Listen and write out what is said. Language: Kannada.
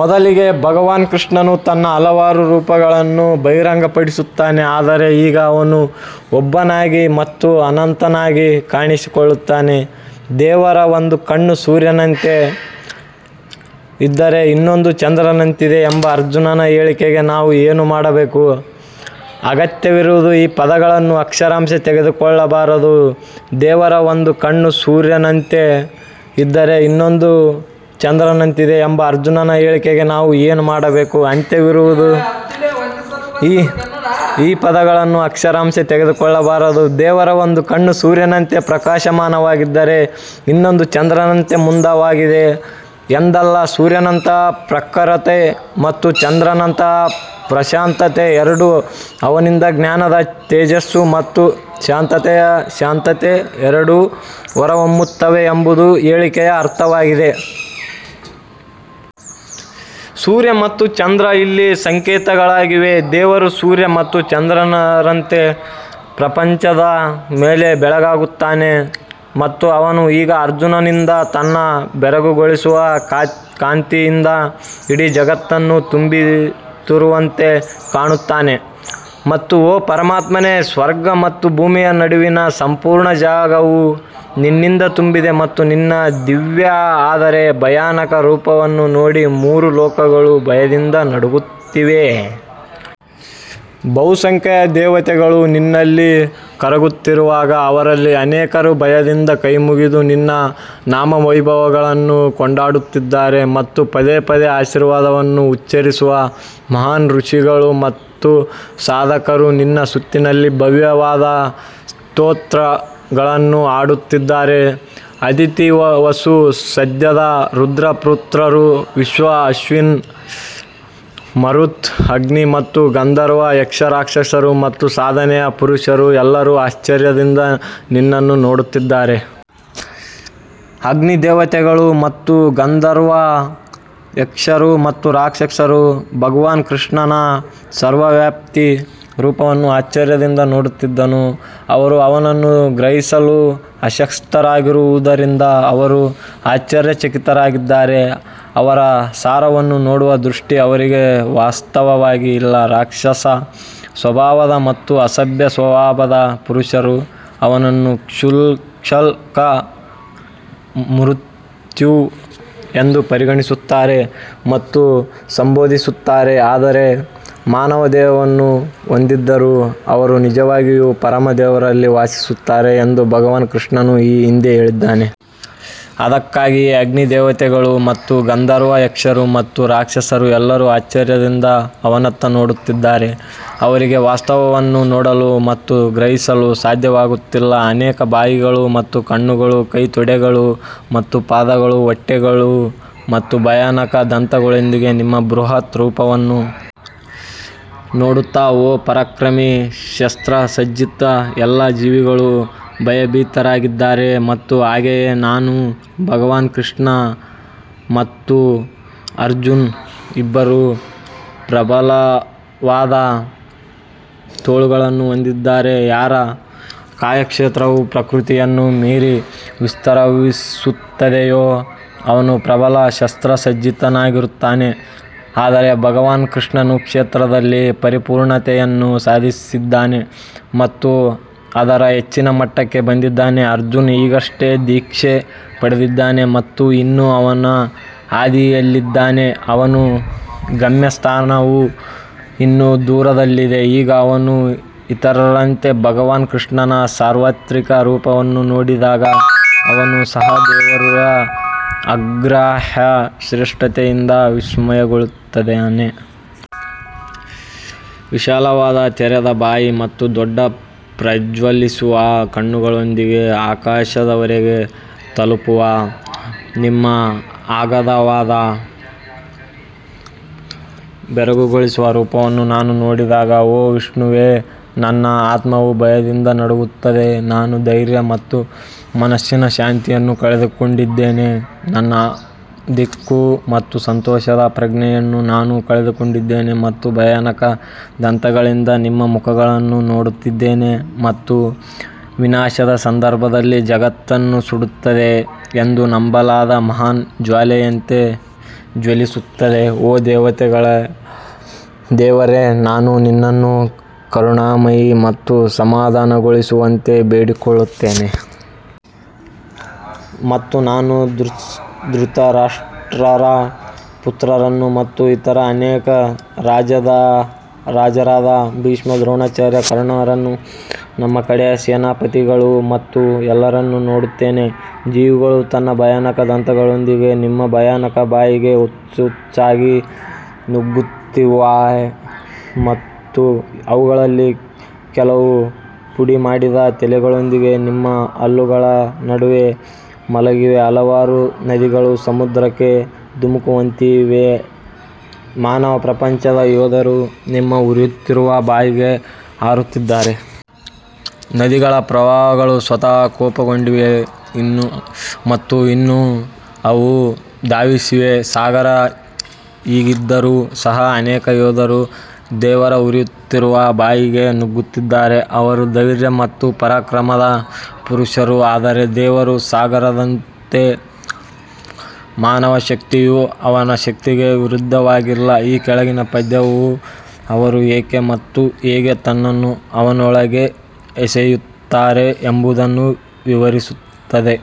ಮೊದಲಿಗೆ ಭಗವಾನ್ ಕೃಷ್ಣನು ತನ್ನ ಹಲವಾರು ರೂಪಗಳನ್ನು ಬಹಿರಂಗಪಡಿಸುತ್ತಾನೆ ಆದರೆ ಈಗ ಅವನು ಒಬ್ಬನಾಗಿ ಮತ್ತು ಅನಂತನಾಗಿ ಕಾಣಿಸಿಕೊಳ್ಳುತ್ತಾನೆ ದೇವರ ಒಂದು ಕಣ್ಣು ಸೂರ್ಯನಂತೆ ಇದ್ದರೆ ಇನ್ನೊಂದು ಚಂದ್ರನಂತಿದೆ ಎಂಬ ಅರ್ಜುನನ ಹೇಳಿಕೆಗೆ ನಾವು ಏನು ಮಾಡಬೇಕು ಅಗತ್ಯವಿರುವುದು ಈ ಪದಗಳನ್ನು ಅಕ್ಷರಶಃ ತೆಗೆದುಕೊಳ್ಳಬಾರದು ದೇವರ ಒಂದು ಕಣ್ಣು ಸೂರ್ಯನಂತೆ ಪ್ರಕಾಶಮಾನವಾಗಿದ್ದರೆ ಇನ್ನೊಂದು ಚಂದ್ರನಂತೆ ಮಂದವಾಗಿದೆ ಎಂದಲ್ಲ ಸೂರ್ಯನಂತಹ ಪ್ರಖರತೆ ಮತ್ತು ಚಂದ್ರನಂತಹ ಪ್ರಶಾಂತತೆ ಎರಡೂ ಅವನಿಂದ ಜ್ಞಾನದ ತೇಜಸ್ಸು ಮತ್ತು ಶಾಂತತೆಯ ಶಾಂತತೆ ಎರಡೂ ಹೊರಹೊಮ್ಮುತ್ತವೆ ಎಂಬುದು ಹೇಳಿಕೆಯ ಅರ್ಥವಾಗಿದೆ. ಸೂರ್ಯ ಮತ್ತು ಚಂದ್ರ ಇಲ್ಲಿ ಸಂಕೇತಗಳಾಗಿವೆ ದೇವರು ಸೂರ್ಯ ಮತ್ತು ಚಂದ್ರರಂತೆ ಪ್ರಪಂಚದ ಮೇಲೆ ಬೆಳಗುತ್ತಾನೆ ಮತ್ತು ಅವನು ಈಗ ಅರ್ಜುನನಿಂದ ತನ್ನ ಬೆರಗುಗೊಳಿಸುವ ಕಾಂತಿಯಿಂದ ಇಡೀ ಜಗತ್ತನ್ನು ತುಂಬುತ್ತಿರುವಂತೆ ಕಾಣುತ್ತಾನೆ. ಮತ್ತು ಓ ಪರಮಾತ್ಮನೇ, ಸ್ವರ್ಗ ಮತ್ತು ಭೂಮಿಯ ನಡುವಿನ ಸಂಪೂರ್ಣ ಜಾಗವು ನಿನ್ನಿಂದ ತುಂಬಿದೆ ಮತ್ತು ನಿನ್ನ ದಿವ್ಯ ಆದರೆ ಭಯಾನಕ ರೂಪವನ್ನು ನೋಡಿ ಮೂರು ಲೋಕಗಳು ಭಯದಿಂದ ನಡುಗುತ್ತಿವೆ. ಬಹುಸಂಖ್ಯೆಯ ದೇವತೆಗಳು ನಿನ್ನಲ್ಲಿ ಕರಗುತ್ತಿರುವಾಗ ಅವರಲ್ಲಿ ಅನೇಕರು ಭಯದಿಂದ ಕೈಮುಗಿದು ನಿನ್ನ ನಾಮ ವೈಭವಗಳನ್ನು ಕೊಂಡಾಡುತ್ತಿದ್ದಾರೆ ಮತ್ತು ಪದೇ ಪದೇ ಆಶೀರ್ವಾದವನ್ನು ಉಚ್ಛರಿಸುವ ಮಹಾನ್ ಋಷಿಗಳು ಮತ್ತು ಸಾಧಕರು ನಿನ್ನ ಸ್ತುತಿಯಲ್ಲಿ ಭವ್ಯವಾದ ಸ್ತೋತ್ರಗಳನ್ನು ಹಾಡುತ್ತಿದ್ದಾರೆ. ಅದಿತಿ ವಸು ಸಧ್ಯದ ರುದ್ರ ಪುತ್ರರು ವಿಶ್ವ ಅಶ್ವಿನ್ ಮರುತ್ ಅಗ್ನಿ ಮತ್ತು ಗಂಧರ್ವ ಯಕ್ಷ ರಾಕ್ಷಸರು ಮತ್ತು ಸಾಧನೆಯ ಪುರುಷರು ಎಲ್ಲರೂ ಆಶ್ಚರ್ಯದಿಂದ ನಿನ್ನನ್ನು ನೋಡುತ್ತಿದ್ದಾರೆ. ಅಗ್ನಿ ದೇವತೆಗಳು ಮತ್ತು ಗಂಧರ್ವ ಯಕ್ಷರು ಮತ್ತು ರಾಕ್ಷಸರು ಭಗವಾನ್ ಕೃಷ್ಣನ ಸರ್ವವ್ಯಾಪಿ ರೂಪವನ್ನು ಆಶ್ಚರ್ಯದಿಂದ ನೋಡುತ್ತಿದ್ದನು ಅವರು ಅವನನ್ನು ಗ್ರಹಿಸಲು ಅಶಕ್ತರಾಗಿರುವುದರಿಂದ ಅವರು ಆಶ್ಚರ್ಯಚಕಿತರಾಗಿದ್ದಾರೆ ಅವರ ಸಾರವನ್ನು ನೋಡುವ ದೃಷ್ಟಿ ಅವರಿಗೆ ವಾಸ್ತವವಾಗಿ ಇಲ್ಲ ರಾಕ್ಷಸ ಸ್ವಭಾವದ ಮತ್ತು ಅಸಭ್ಯ ಸ್ವಭಾವದ ಪುರುಷರು ಅವನನ್ನು ಕ್ಷುಲ್ಲಕ ಮರ್ತ್ಯ ಎಂದು ಪರಿಗಣಿಸುತ್ತಾರೆ ಮತ್ತು ಸಂಬೋಧಿಸುತ್ತಾರೆ ಆದರೆ ಮಾನವ ದೇಹವನ್ನು ಹೊಂದಿದ್ದರೂ ಅವರು ನಿಜವಾಗಿಯೂ ಪರಮ ದೇವರಲ್ಲಿ ವಾಸಿಸುತ್ತಾರೆ ಎಂದು ಭಗವಾನ್ ಕೃಷ್ಣನು ಈ ಹಿಂದೆ ಹೇಳಿದ್ದಾನೆ. ಅದಕ್ಕಾಗಿಯೇ ಅಗ್ನಿ ದೇವತೆಗಳು ಮತ್ತು ಗಂಧರ್ವ ಯಕ್ಷರು ಮತ್ತು ರಾಕ್ಷಸರು ಎಲ್ಲರೂ ಆಶ್ಚರ್ಯದಿಂದ ಅವನತ್ತ ನೋಡುತ್ತಿದ್ದಾರೆ. ಅವರಿಗೆ ವಾಸ್ತವವನ್ನು ನೋಡಲು ಮತ್ತು ಗ್ರಹಿಸಲು ಸಾಧ್ಯವಾಗುತ್ತಿಲ್ಲ ಅನೇಕ ಬಾಯಿಗಳು ಮತ್ತು ಕಣ್ಣುಗಳು ಕೈ ತೊಡೆಗಳು ಮತ್ತು ಪಾದಗಳು ಹೊಟ್ಟೆಗಳು ಮತ್ತು ಭಯಾನಕ ದಂತಗಳೊಂದಿಗೆ ನಿಮ್ಮ ಬೃಹತ್ ರೂಪವನ್ನು ನೋಡುತ್ತಾ ಓ ಪರಾಕ್ರಮಿ ಶಸ್ತ್ರಸಜ್ಜಿತ ಎಲ್ಲಾ ಜೀವಿಗಳು ಭಯಭೀತರಾಗಿದ್ದಾರೆ ಮತ್ತು ಹಾಗೆಯೇ ನಾನು ಭಗವಾನ್ ಕೃಷ್ಣ ಮತ್ತು ಅರ್ಜುನ್ ಇಬ್ಬರೂ ಪ್ರಬಲವಾದ ತೋಳುಗಳನ್ನು ಹೊಂದಿದ್ದಾರೆ ಯಾರ ಕಾರ್ಯಕ್ಷೇತ್ರವು ಪ್ರಕೃತಿಯನ್ನು ಮೀರಿ ವಿಸ್ತರಿಸುತ್ತದೆಯೋ ಅವನು ಪ್ರಬಲ ಶಸ್ತ್ರಸಜ್ಜಿತನಾಗಿರುತ್ತಾನೆ ಆದರೆ ಭಗವಾನ್ ಕೃಷ್ಣನು ಕ್ಷೇತ್ರದಲ್ಲಿ ಪರಿಪೂರ್ಣತೆಯನ್ನು ಸಾಧಿಸಿದ್ದಾನೆ ಮತ್ತು ಅದರ ಹೆಚ್ಚಿನ ಮಟ್ಟಕ್ಕೆ ಬಂದಿದ್ದಾನೆ ಅರ್ಜುನ್ ಈಗಷ್ಟೇ ದೀಕ್ಷೆ ಪಡೆದಿದ್ದಾನೆ ಮತ್ತು ಇನ್ನೂ ಅವನ ಹಾದಿಯಲ್ಲಿದ್ದಾನೆ ಅವನ ಗಮ್ಯಸ್ಥಾನವು ಇನ್ನೂ ದೂರದಲ್ಲಿದೆ ಈಗ ಅವನು ಇತರರಂತೆ ಭಗವಾನ್ ಕೃಷ್ಣನ ಸಾರ್ವತ್ರಿಕ ರೂಪವನ್ನು ನೋಡಿದಾಗ ಅವನು ಸಹ ದೇವರ ಅಗ್ರಾಹ್ಯ ಶ್ರೇಷ್ಠತೆಯಿಂದ ವಿಸ್ಮಯಗೊಳ್ಳುತ್ತಾನೆ. ವಿಶಾಲವಾದ ತೆರೆದ ಬಾಯಿ ಮತ್ತು ದೊಡ್ಡ ಪ್ರಜ್ವಲಿಸುವ ಕಣ್ಣುಗಳೊಂದಿಗೆ ಆಕಾಶದವರೆಗೆ ತಲುಪುವ ನಿಮ್ಮ ಅಗಾಧವಾದ ಬೆರಗುಗೊಳಿಸುವ ರೂಪವನ್ನು ನಾನು ನೋಡಿದಾಗ, ಓ ವಿಷ್ಣುವೇ ನನ್ನ ಆತ್ಮವು ಭಯದಿಂದ ನಡುಗುತ್ತದೆ, ನಾನು ಧೈರ್ಯ ಮತ್ತು ಮನಸ್ಸಿನ ಶಾಂತಿಯನ್ನು ಕಳೆದುಕೊಂಡಿದ್ದೇನೆ. ನನ್ನ ದಿಕ್ಕು ಮತ್ತು ಸಂತೋಷದ ಪ್ರಜ್ಞೆಯನ್ನು ನಾನು ಕಳೆದುಕೊಂಡಿದ್ದೇನೆ ಮತ್ತು ಭಯಾನಕ ದಂತಗಳಿಂದ ನಿಮ್ಮ ಮುಖಗಳನ್ನು ನೋಡುತ್ತಿದ್ದೇನೆ ಮತ್ತು ವಿನಾಶದ ಸಂದರ್ಭದಲ್ಲಿ ಜಗತ್ತನ್ನು ಸುಡುತ್ತದೆ ಎಂದು ನಂಬಲಾದ ಮಹಾನ್ ಜ್ವಾಲೆಯಂತೆ ಜ್ವಲಿಸುತ್ತಿದೆ, ಓ ದೇವತೆಗಳ ದೇವರೇ, ನಾನು ನಿನ್ನನ್ನು ಕರುಣಾಮಯಿ ಮತ್ತು ಸಮಾಧಾನಗೊಳಿಸುವಂತೆ ಬೇಡಿಕೊಳ್ಳುತ್ತೇನೆ. ಮತ್ತು ನಾನು ಧೃತರಾಷ್ಟ್ರರ ಪುತ್ರರನ್ನು ಮತ್ತು ಇತರ ಅನೇಕ ರಾಜರಾದ ಭೀಷ್ಮ ದ್ರೋಣಾಚಾರ್ಯ ಕರ್ಣರನ್ನು ನಮ್ಮ ಕಡೆಯ ಸೇನಾಧಿಪತಿಗಳು ಮತ್ತು ಎಲ್ಲರನ್ನೂ ನೋಡುತ್ತೇನೆ. ಜೀವಿಗಳು ತನ್ನ ಭಯಾನಕ ದಂತಗಳೊಂದಿಗೆ ನಿಮ್ಮ ಭಯಾನಕ ಬಾಯಿಗೆ ಹುಚ್ಚುಚ್ಚಾಗಿ ನುಗ್ಗುತ್ತಿವೆ ಮತ್ತು ಅವುಗಳಲ್ಲಿ ಕೆಲವು ಪುಡಿಮಾಡಿದ ತಲೆಗಳೊಂದಿಗೆ ನಿಮ್ಮ ಹಲ್ಲುಗಳ ನಡುವೆ ಮಲಗಿವೆ ಹಲವಾರು ನದಿಗಳು ಸಮುದ್ರಕ್ಕೆ ಧುಮುಕುವಂತೆಯೇ ಮಾನವ ಪ್ರಪಂಚದ ಯೋಧರು ನಿಮ್ಮ ಉರಿಯುತ್ತಿರುವ ಬಾಯಿಗೆ ಹಾರುತ್ತಿದ್ದಾರೆ. ನದಿಗಳ ಪ್ರವಾಹಗಳು ಸ್ವತಃ ಕೋಪಗೊಂಡಿವೆ ಮತ್ತು ಇನ್ನೂ ಅವು ಧಾವಿಸಿವೆ ಸಾಗರ ಹೀಗಿದ್ದರೂ ಸಹ ಅನೇಕ ಯೋಧರು ದೇವರ ಉರಿಯುತ್ತಿರುವ ಬಾಯಿಗೆ ನುಗ್ಗುತ್ತಿದ್ದಾರೆ ಅವರು ಧೈರ್ಯ ಮತ್ತು ಪರಾಕ್ರಮದ ಪುರುಷರು ಆದರೆ ದೇವರು ಸಾಗರದಂತೆ ಮಾನವ ಶಕ್ತಿಯು ಅವನ ಶಕ್ತಿಗೆ ವಿರುದ್ಧವಾಗಿಲ್ಲ ಈ ಕೆಳಗಿನ ಪದ್ಯವು ಅವರು ಏಕೆ ಮತ್ತು ಹೇಗೆ ತನ್ನನ್ನು ಅವನೊಳಗೆ ಎಸೆಯುತ್ತಾರೆ ಎಂಬುದನ್ನು ವಿವರಿಸುತ್ತದೆ.